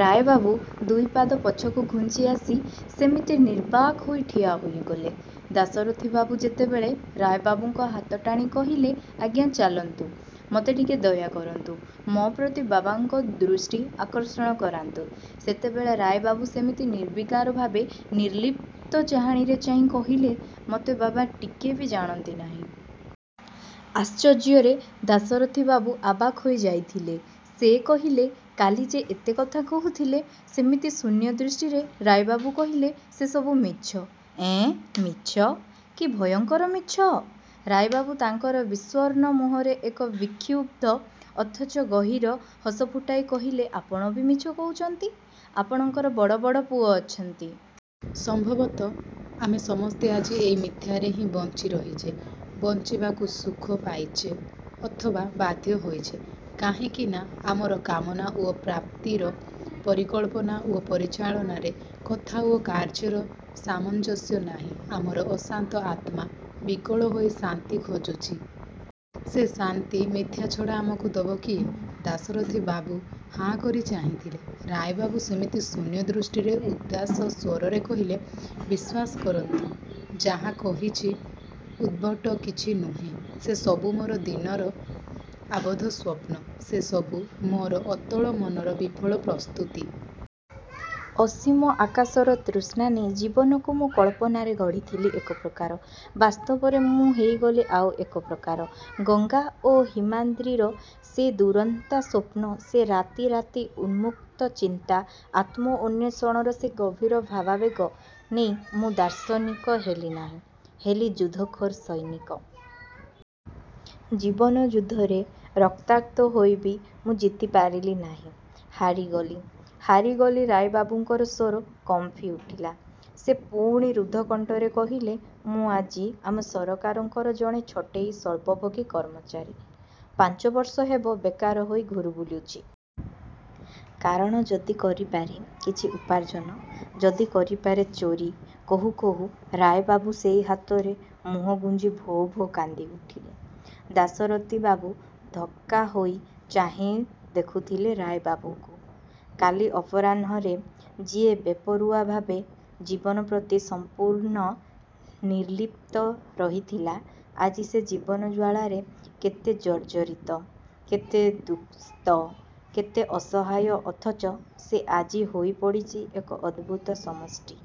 ରାୟ ବାବୁ ଦୁଇ ପାଦ ପଛକୁ ଘୁଞ୍ଚି ଆସି ସେମିତି ନିର୍ବାକ ହୋଇ ଠିଆ ହୋଇଗଲେ। ଦାଶରଥି ବାବୁ ଯେତେବେଳେ ରାୟ ବାବୁଙ୍କ ହାତ ଟାଣି କହିଲେ ଆଜ୍ଞା ଚାଲନ୍ତୁ, ମତେ ଟିକେ ଦୟା କରନ୍ତୁ, ମୋ ପ୍ରତି ବାବାଙ୍କ ଦୃଷ୍ଟି ଆକର୍ଷଣ କରାନ୍ତୁ। ସେତେବେଳେ ରାୟ ବାବୁ ସେମିତି ନିର୍ବିକାର ଭାବେ, ନୀର୍ଲିପ୍ତ ଚାହାଣୀରେ ଚାହିଁ କହିଲେ ମୋତେ ବାବା ଟିକେ ବି ଜାଣନ୍ତି ନାହିଁ। ଆଶ୍ଚର୍ଯ୍ୟରେ ଦାଶରଥି ବାବୁ ଆବାକ୍ ହୋଇ ଯାଇଥିଲେ, ସେ କହିଲେ କାଲି ଯେ ଏତେ କଥା କହୁଥିଲେ। ସେମିତି ଶୂନ୍ୟଦୃଷ୍ଟିରେ ରାୟ ବାବୁ କହିଲେ ସେ ସବୁ ମିଛ । ଏଁ ମିଛ? କି ଭୟଙ୍କର ମିଛ। ରାୟ ବାବୁ ତାଙ୍କର ବିଷଣ୍ଣ ମୁହଁରେ ଏକ ବିକ୍ଷୁବ୍ଧ, ଅଥଚ ଗହୀର ହସ ଫୁଟାଇ କହିଲେ ଆପଣ ବି ମିଛ କହୁଚନ୍ତି ଆପଣଙ୍କର ବଡ଼ ବଡ଼ ପୁଅ ଅଛନ୍ତି। ସମ୍ଭବତଃ ଆମେ ସମସ୍ତେ ଆଜି ଏଇ ମିଥ୍ୟାରେ ହିଁ ବଞ୍ଚି ରହିଛେ। ବଞ୍ଚିବାକୁ ସୁଖ ପାଇଚେ ଅଥବା ବାଧ୍ୟ ହୋଇଚେ। କାହିଁକି ନା ଆମର କାମନା ଓ ପ୍ରାପ୍ତିର, ପରିକଳ୍ପନା ଓ ପରିଚାଳନାରେ, କଥା ଓ କାର୍ଯ୍ୟର ସାମଞ୍ଜସ୍ୟ ନାହିଁ। ଆମର ଅଶାନ୍ତ ଆତ୍ମା ବିକଳ ହୋଇ ଶାନ୍ତି ଖୋଜୁଚି। ସେ ଶାନ୍ତି ମିଥ୍ୟା ଛଡ଼ା ଆମକୁ ଦବ କିଏ? ଦାଶରଥି ବାବୁ ହାଁ କରି ଚାହିଁ ଥିଲେ, ରାୟ ବାବୁ ସେମିତି ଶୂନ୍ୟ ଦୃଷ୍ଟିରେ ଉଦାସ ସ୍ୱରରେ କହିଲେ ବିଶ୍ୱାସ କରନ୍ତୁ, ଯାହା କହିଛି ଉଦ୍ଭଟ କିଛି ନୁହେଁ। ସେ ସବୁ ମୋର ଦିନର ଆବଦ୍ଧ ସ୍ୱପ୍ନ, ସେ ସବୁ ମୋର ଅତଳ ମନର ବିଫଳ ପ୍ରସ୍ତୁତି। ଅସୀମ ଆକାଶର ତୃଷ୍ଣା ନେଇ ଜୀବନକୁ ମୁଁ କଳ୍ପନାରେ ଗଢ଼ିଥିଲି ଏକ ପ୍ରକାର, ବାସ୍ତବରେ ମୁଁ ହେଇଗଲି ଆଉ ଏକ ପ୍ରକାରେ। ଗଙ୍ଗା ଓ ହିମାଦ୍ରୀର ସେ ଦୁରନ୍ତା ସ୍ୱପ୍ନ, ସେ ରାତି ରାତି ଉନ୍ମୁକ୍ତ ଚିନ୍ତା, ଆତ୍ମ ଅନ୍ୱେଷଣର ସେ ଗଭୀର ଭାବାବେଗ ନେଇ ମୁଁ ଦାର୍ଶନିକ ହେଲି ନାହିଁ, ହେଲି ଯୁଦ୍ଧଖୋର ସୈନିକ। ଜୀବନ ଯୁଦ୍ଧରେ ରକ୍ତାକ୍ତ ହୋଇ ବି ମୁଁ ଜିତି ପାରିଲି ନାହିଁ। ହାରି ଗଲି, ହାରି ଗଲି ରାୟ ବାବୁଙ୍କ ସ୍ୱର କମ୍ପି ଉଠିଲା । ସେ ପୁଣି ରୁଦ୍ଧକଣ୍ଠରେ କହିଲେ ମୁଁ ଆଜି ଆମ ସରକାରଙ୍କର ଜଣେ ଛଟେଇ ସ୍ଵଳ୍ପଭୋଗୀ କର୍ମଚାରୀ । ପାଞ୍ଚବର୍ଷ ହେବ ବେକାର ହୋଇ ଘୂରି ବୁଲୁଛି । କାରଣ ଯଦି କରିପାରେ କିଛି ଉପାର୍ଜନ, ଯଦି କରିପାରେ ଚୋରୀ, କହୁ କହୁ ରାୟ ବାବୁ ସେଇ ହାତରେ ମୁହଁ ଗୁଞ୍ଜି ଭୋ ଭୋ କାନ୍ଦି ଉଠିଲେ। ଦାଶରଥୀ ବାବୁ ଥକ୍କା ହୋଇ ଚାହିଁ ଦେଖୁଥିଲେ ରାୟ ବାବୁଙ୍କୁ। କାଲି ଅପରାହ୍ନରେ ଯିଏ ବେପରୁଆ ଭାବେ, ଜୀବନ ପ୍ରତି ସମ୍ପୂର୍ଣ୍ଣ ନିର୍ଲିପ୍ତ ରହିଥିଲା ଆଜି ସେ ଜୀବନ ଜ୍ୱାଳାରେ କେତେ ଜର୍ଜରିତ, କେତେ ଦୁଃସ୍ଥ, କେତେ ଅସହାୟ ଅଥଚ ସେ ଆଜି ହୋଇ ପଡ଼ିଛି ଏକ ଅଦ୍ଭୁତ ସମଷ୍ଟି।